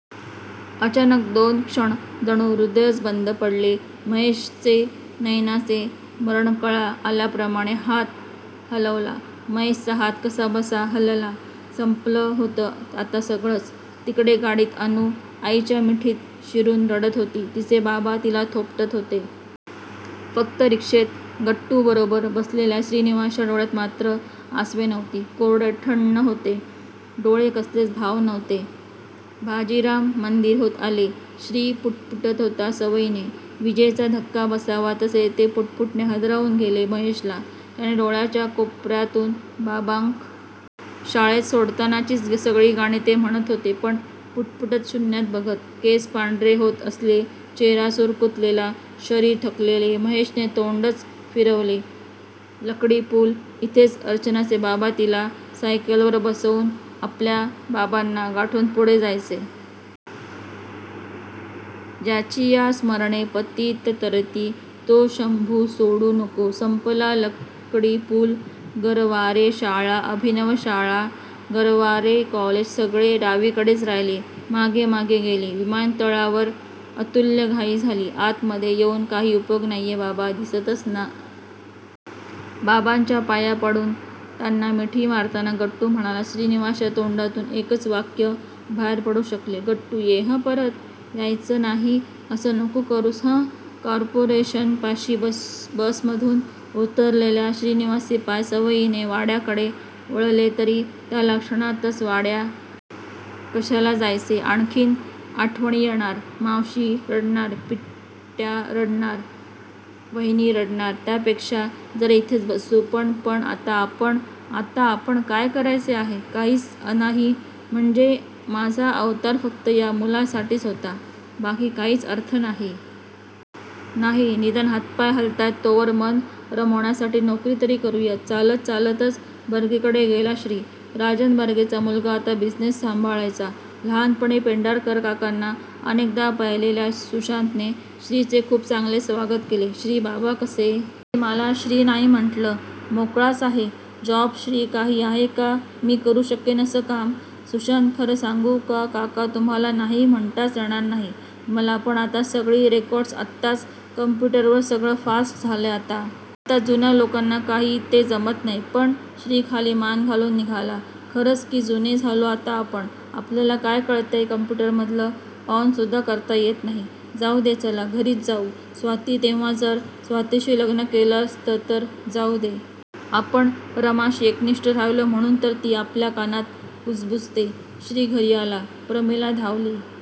अचानक दोन क्षण जणू हृदयच बंद पडले महेशचे नैनाने मरणकळा आल्याप्रमाणे हात हालवला. महेशचा हात कसाबसा हालला. संपलं होतं आता सगळंच. तिकडे गाडीत अनु आईच्या मिठीत शिरून रडत होती. तिचे बाबा तिला थोपटत होते. फक्त रिक्षेत गट्टूबरोबर बसलेल्या श्रीनिवासच्या डोळ्यात मात्र आसवे नव्हती. कोरडे ठण्ण होते डोळे कसलेच भाव नव्हते. भाजीराम मंदीर आले. श्री पुटपुटत होता सवयीने. विजेचा धक्का बसावा तसे ते पुटपुटणे हादरवून गेले महेशला! त्याने डोळ्यांच्य कोपर्यातून बाबांकडे पाहिले. शाळेत सोडतानाचीच सगळी गाणी ते म्हणत होते, पण पुटपुटत शुन्यात बघत. केस पांढरे होत असले. चेहरा सुरकुतलेला, शरीर थकलेले. महेशने तोंडच फिरवले. लकडी पूल. इथेच अर्चनाचे बाबा तिला सायकलवर बसवून आपल्या बाबांना गाठून पुढे जायचे. ज्याचीया स्मरणे पतीत तरती तो शंभू सोडू नको. संपला लकडी पूल गरवारे शाळा, अभिनव शाळा, गरवारे कॉलेज सगळे डावीकडेच राहिले. मागे मागे गेले. विमानतळावर अतुल्य घाई झाली. आतमध्ये येऊन काही उपयोग नाहीये बाबा दिसतच नाही काही तुम्ही सगळेच निघा. बाबांच्या पाया पडून त्यांना मिठी मारताना गट्टू म्हणाला. श्रीनिवासच्या तोंडातून एकच वाक्य बाहेर पडू शकले. गट्टू ये हं परत? यायचंच नाही असं नको करूस हं कॉर्पोरेशनपाशी बसमधून उतरलेल्या श्रीनिवासचे पाय सवयीने वाड्याकडे वळले तरी त्याला क्षणातच वाड्यात जाण्याचा फोलपणा जाणवला. कशाला जायचे? आणखीन आठवणी येणार. मावशी रडणार. पिट्या रडणार. वहिनी रडणार. त्यापेक्षा जरा इथेच बसू पण पण आता आपण आता आपण काय करायचे आहे? काहीच अनाही? म्हणजे? माझा अवतार फक्त या मुलासाठीच होता? बाकी काहीच अर्थ नाही माझ्या जीवनाला? नाही. निदान हातपाय हलतायत तोवर मन रमवण्यासाठी नोकरी तरी करूयात. चालत चालतच बर्गेंकडे गेला श्री! राजन बर्गेंचा मुलगा आता बिझिनेस सांभाळायचा! लहानपणी पेंढारकरकाकांना अनेकदा पाहिलेल्या सुशांतने श्रीचे खूप चांगले स्वागत केले. श्री बाबा कसे आहेत? श्री मला श्री नाही म्हंटलं. मोकळाच आहे. जॉब श्री काही आहे का मी करू शकेन असं काम? सुशांत खरं सांगू का काका तुम्हाला नाही म्हणताच येणार नाही मला पण आता सगळी रेकॉर्ड्स असतात कंप्युटरवर सगळं फास्ट झालंय आता. आता जुन्या लोकांना काही ते जमत नाही. पण श्री खाली मान घालून निघाला. खरंच की जुने झालो आता आपण आपल्याला काय कळतंय काँप्युटरमधलं? ऑनसुद्धा करता येणार नाही. जाउदे चला. घरीच जाऊ. स्वाती तेव्हा जर स्वातीशी लग्नं केलं असतं तर जाउदे. आपण रमाशी एकनिष्ठ राहिलो म्हणून तर ती आपल्या कानात कुबुजते. श्री घरी आला. प्रमिला धावली.